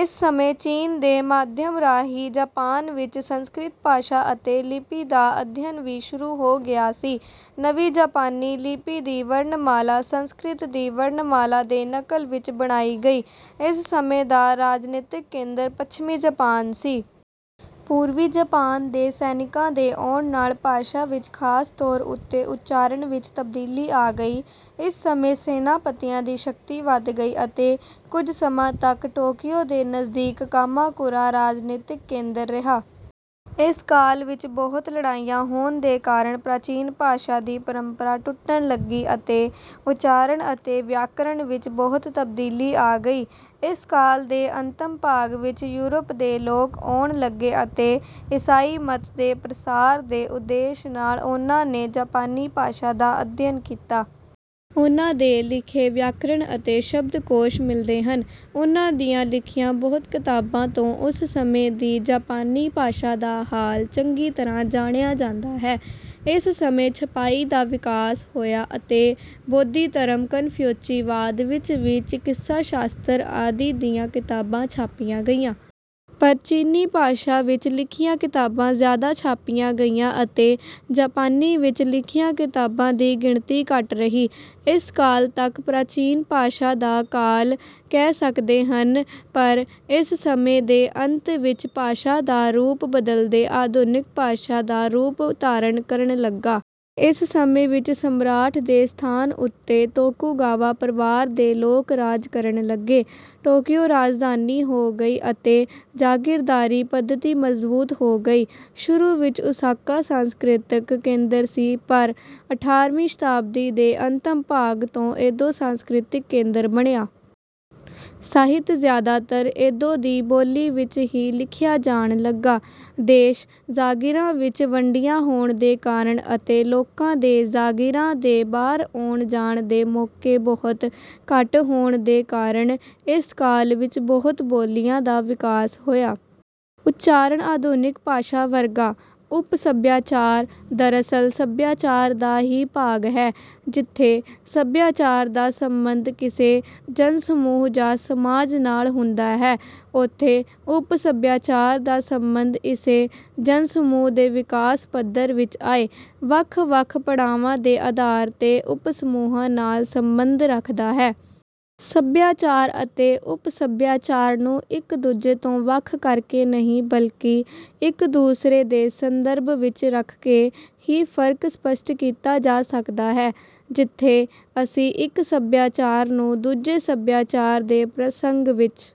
ਇਸ ਸਮੇਂ ਚੀਨ ਦੇ ਮਾਧਿਅਮ ਰਾਹੀਂ ਜਾਪਾਨ ਵਿੱਚ ਸੰਸਕ੍ਰਿਤ ਭਾਸ਼ਾ ਅਤੇ ਲਿਪੀ ਦਾ ਅਧਿਅਨ ਵੀ ਸ਼ੁਰੂ ਹੋ ਗਿਆ ਸੀ। ਨਵੀਂ ਜਾਪਾਨੀ ਲਿਪੀ ਦੀ ਵਰਨਮਾਲਾ ਸੰਸਕ੍ਰਿਤ ਦੀ ਵਰਨਮਾਲਾ ਦੇ ਨਕਲ ਵਿੱਚ ਬਣਾਈ ਗਈ। ਇਸ ਸਮੇਂ ਦਾ ਰਾਜਨੀਤਕ ਕੇਂਦਰ ਪੱਛਮੀ ਜਾਪਾਨ ਸੀ। ਪੂਰਵੀ ਜਾਪਾਨ ਦੇ ਸੈਨਿਕਾਂ ਦੇ ਆਉਣ ਨਾਲ ਭਾਸ਼ਾ ਵਿੱਚ ਖਾਸ ਤੌਰ ਉੱਤੇ ਉੱਚਾਰਣ ਵਿੱਚ ਤਬਦੀਲੀ ਆ ਗਈ। ਇਸ ਸਮੇਂ ਸੈਨਾਪਤੀਆਂ ਦੀ ਸ਼ਕਤੀ ਵੱਧ ਗਈ ਅਤੇ ਕੁੱਝ ਸਮਾਂ ਤੱਕ ਟੋਕੀਉ ਦੇ ਨਜ਼ਦੀਕ ਕਾਮਾਕੁਰਾ ਰਾਜਨੀਤਕ ਕੇਂਦਰ ਰਿਹਾ। ਇਸ ਕਾਲ ਵਿੱਚ ਬਹੁਤ ਲੜਾਈਆਂ ਹੋਣ ਦੇ ਕਾਰਨ ਪ੍ਰਾਚੀਨ ਭਾਸ਼ਾ ਦੀ ਪਰੰਪਰਾ ਟੁੱਟਣ ਲੱਗੀ ਅਤੇ ਉੱਚਾਰਨ ਅਤੇ ਵਿਆਕਰਨ ਵਿੱਚ ਬਹੁਤ ਤਬਦੀਲੀ ਆ ਗਈ। ਇਸ ਕਾਲ ਦੇ ਅੰਤਮ ਭਾਗ ਵਿੱਚ ਯੂਰਪ ਦੇ ਲੋਕ ਆਉਣ ਲੱਗੇ ਅਤੇ ਈਸਾਈ ਮਤ ਦੇ ਪ੍ਰਸਾਰ ਦੇ ਉਦੇਸ਼ ਨਾਲ ਉਨ੍ਹਾਂ ਨੇ ਜਾਪਾਨੀ ਭਾਸ਼ਾ ਦਾ ਅਧਿਅਨ ਕੀਤਾ। ਉਨ੍ਹਾਂ ਦੇ ਲਿਖੇ ਵਿਆਕਰਨ ਅਤੇ ਸ਼ਬਦਕੋਸ਼ ਮਿਲਦੇ ਹਨ। ਉਨ੍ਹਾਂ ਦੀਆਂ ਲਿਖੀਆਂ ਬਹੁਤ ਕਿਤਾਬਾਂ ਤੋਂ ਉਸ ਸਮੇਂ ਦੀ ਜਾਪਾਨੀ ਭਾਸ਼ਾ ਦਾ ਹਾਲ ਚੰਗੀ ਤਰ੍ਹਾਂ ਜਾਣਿਆ ਜਾਂਦਾ ਹੈ। ਇਸ ਸਮੇਂ ਛਪਾਈ ਦਾ ਵਿਕਾਸ ਹੋਇਆ ਅਤੇ ਬੋਧੀ ਧਰਮ, ਕਨਫਿਊਚੀਵਾਦ, ਵਿੱਚ ਵੀ ਚਿਕਿਤਸਾ ਸ਼ਾਸਤਰ ਆਦਿ ਦੀਆਂ ਕਿਤਾਬਾਂ ਛਾਪੀਆਂ ਗਈਆਂ। ਪਰ ਚੀਨੀ ਭਾਸ਼ਾ ਵਿੱਚ ਲਿਖੀਆਂ ਕਿਤਾਬਾਂ ਜਿਆਦਾ ਛਾਪੀਆਂ ਗਈਆਂ ਅਤੇ ਜਾਪਾਨੀ ਵਿੱਚ ਲਿਖੀਆਂ ਕਿਤਾਬਾਂ ਦੀ ਗਿਣਤੀ ਘੱਟ ਰਹੀ। ਇਸ ਕਾਲ ਤੱਕ ਪ੍ਰਾਚੀਨ ਭਾਸ਼ਾ ਦਾ ਕਾਲ ਕਹਿ ਸਕਦੇ ਹਨ। ਪਰ ਇਸ ਸਮੇਂ ਦੇ ਅੰਤ ਵਿੱਚ ਭਾਸ਼ਾ ਦਾ ਰੂਪ ਬਦਲਕੇ ਆਧੁਨਿਕ ਭਾਸ਼ਾ ਦਾ ਰੂਪ ਧਾਰਨ ਕਰਨ ਲਗਾ। ਇਸ ਸਮੇਂ ਵਿੱਚ ਸਮਰਾਟ ਦੇ ਸਥਾਨ ਉੱਤੇ ਤੋਕੁਗਾਵਾ ਪਰਵਾਰ ਦੇ ਲੋਕ ਰਾਜ ਕਰਨ ਲੱਗੇ, ਟੋਕੀਉ ਰਾਜਧਾਨੀ ਹੋ ਗਿਆ ਅਤੇ ਜਾਗੀਰਦਾਰੀ ਪੱਧਤੀ ਮਜ਼ਬੂਤ ਹੋ ਗਈ। ਸ਼ੁਰੂ ਵਿੱਚ ਓਸਾਕਾ ਸਾਂਸਕ੍ਰਿਤਕ ਕੇਂਦਰ ਸੀ ਪਰ ਅਠਾਰਵੀਂ ਸ਼ਤਾਬਦੀ ਦੇ ਅੰਤਮ ਭਾਗ ਤੋਂ ਏਦੋ ਸਾਂਸਕ੍ਰਿਤਕ ਕੇਂਦਰ ਬਣਿਆ। ਸਾਹਿਤ ਜਿਆਦਾਤਰ ਏਦੋ ਦੀ ਬੋਲੀ ਵਿੱਚ ਹੀ ਲਿਖਿਆ ਜਾਣ ਲਗਾ। ਦੇਸ਼ ਜਾਗੀਰਾਂ ਵਿੱਚ ਵੰਡਿਆ ਹੋਣ ਦੇ ਕਾਰਨ ਅਤੇ ਲੋਕਾਂ ਦੇ ਜਾਗੀਰਾਂ ਦੇ ਬਾਹਰ ਆਉਣ ਜਾਣ ਦੇ ਮੌਕੇ ਬਹੁਤ ਘੱਟ ਹੋਣ ਦੇ ਕਾਰਨ ਇਸ ਕਾਲ ਵਿੱਚ ਬਹੁਤ ਬੋਲੀਆਂ ਦਾ ਵਿਕਾਸ ਹੋਇਆ। ਉੱਚਾਰਣ ਆਧੁਨਿਕ ਭਾਸ਼ਾ ਵਰਗਾ। ਉਪ ਸਭਿਆਚਾਰ ਦਰਅਸਲ ਸਭਿਆਚਾਰ ਦਾ ਹੀ ਭਾਗ ਹੈ। ਜਿੱਥੇ ਸਭਿਆਚਾਰ ਦਾ ਸਬੰਧ ਕਿਸੇ ਜਨ-ਸਮੂਹ ਜਾਂ ਸਮਾਜ ਨਾਲ ਹੁੰਦਾ ਹੈ ਉੱਥੇ ਉਪ-ਸਭਿਆਚਾਰ ਦਾ ਸਬੰਧ ਇਸੇ ਜਨ-ਸਮੂਹ ਦੇ ਵਿਕਾਸ ਪੱਧਰ ਵਿੱਚ ਆਏ, ਵੱਖ-ਵੱਖ ਪੜਾਵਾਂ ਦੇ ਆਧਾਰ ਤੇ ਉਪ-ਸਮੂਹਾਂ ਨਾਲ ਸਬੰਧ ਰੱਖਦਾ ਹੈ। ਸਭਿਆਚਾਰ ਅਤੇ ਉਪ-ਸਭਿਆਚਾਰ ਨੂੰ ਇਕ ਦੂਜੇ ਤੋਂ ਵੱਖ ਕਰਕੇ ਨਹੀਂ ਬਲਕਿ ਇਕ ਦੂਸਰੇ ਦੇ ਸੰਦਰਭ ਵਿੱਚ ਰੱਖਕੇ ਹੀ ਫਰਕ ਸਪੱਸ਼ਟ ਕੀਤਾ ਜਾ ਸਕਦਾ ਹੈ। ਜਿੱਥੇ ਅਸੀਂ ਇਕ ਸਭਿਆਚਾਰ ਨੂੰ ਦੂਜੇ ਸਭਿਆਚਾਰ ਦੇ ਪ੍ਰਸੰਗ ਵਿੱਚ